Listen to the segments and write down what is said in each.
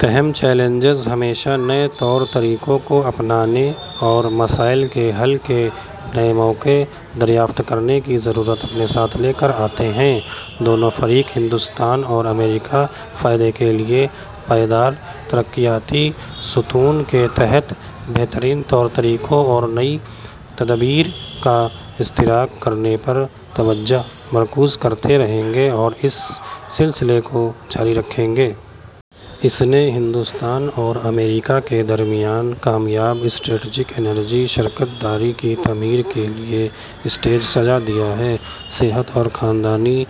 تاہم چیلنجز ہمیشہ نئے طور طریقوں کو اپنانے اور مسائل کے حل کے نئے مواقع دریافت کرنے کی ضرورت اپنے ساتھ لے کر آتے ہیں۔ دونوں فریق، ہندوستان اور امریکہ، فائدے کے لئے پائیدار ترقیاتی ستون کے تحت بہترین طور طریقوں اور نئی تدابیر کا اشتراک کرنے پر توجہ مرکوز کرتے رہیں گے اور اس سلسلے کو جاری رکھیں گے۔ اس نے ہندوستان اور امریکہ کے درمیان کامیاب اسٹریٹیجک انرجی شراکت داری کی تعمیر کے لئے اسٹیج سجادیا ہے۔ صحت اور خاندانی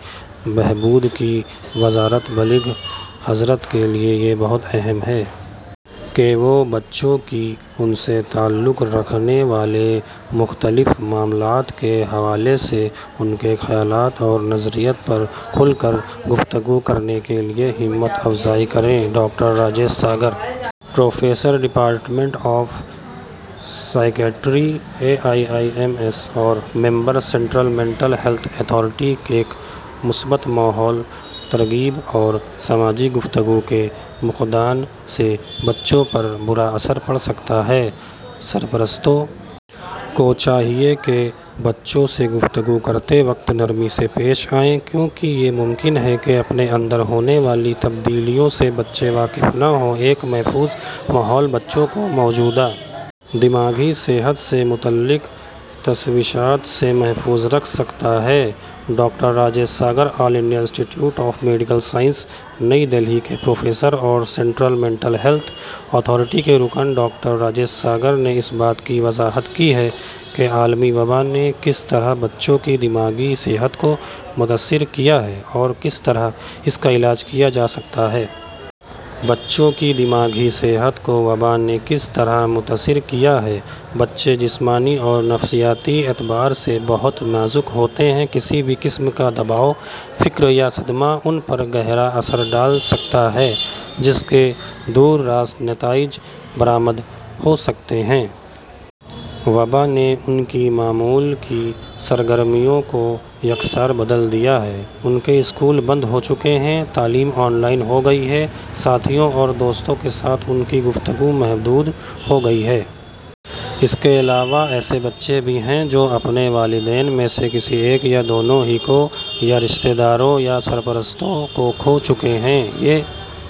بہبود کی وزارت بالغ حضرات کے لئے یہ بہت اہم ہے کہ وہ بچوں کی ،ان سے تعلق رکھنے والے مختلف معاملات کے حوالے سے ان کے خیالات اور نظریات پر کھل کر گفتگو کرنے کے لئے ہمت افزائی کریں – doctor Rajesh Sagar, professor department of psychiatry, AIIMS اور member, central mental health authority ایک مثبت ماحول ، ترغیب اور سماجی گفتگو کے فقدان سے بچوں پر برا اثر پڑ سکتا ہے سرپرستوں کو چاہیئے کہ بچوں سے گفتگو کرتے وقت نرمی سے پیش آیئں کیونکہ یہ ممکن ہے کہ اپنے اندر ہونے والی تبدلیوں سے بچے واقف نہ ہوں ایک محفوظ ماحول بچوں کو موجودہ دماغی صحت سے متعلق تشویشات سے محفو ظ رکھ سکتا ہے – doctor Rajesh Sagar all India institute of medical sciences Nai Delhi کے پروفیسر اور سینٹرل مینٹل ہیلتھ اتھارٹی کے رکن ڈاکٹر راجیش ساگر نے اس بات کی وضاحت کی ہے کہ عالمی وبا نے کس طرح بچوں کی دماغی صحت کومتاثر کیا ہے اور کس طرح اس کا علاج کیا جا سکتا ہے ۔ بچوں کی دماغی صحت کو وبا نے کس طرح متاثر کیا ہے؟ بچے جسمانی اور نفسیاتی اعتبار سے بہت نازک ہوتے ہیں کسی بھی قسم کا دباؤ، فکر یا صدمہ ان پر گہرا اثر ڈال سکتا ہے جس کے دور رس نتائج برآمد ہو سکتے ہیں ۔ وبا نے ان کی معمول کی سرگرمیوں کو یکسر بدل دیا ہے – ان کے اسکول بند ہو چکے ہیں ، تعلیم آن لائن ہو گئی ہے، ساتھیوں اور دوستوں کے ساتھ ان کی گفتگو محدود ہو گئی ہے ۔ اس کے علاوہ ایسے بچے بھی ہیں جو اپنے والدین میں سے کسی ایک یا دونوں ہی کو ،یا رشتےداروں ، یا سرپرستوں کو کھو چکے ہیں ۔ یہ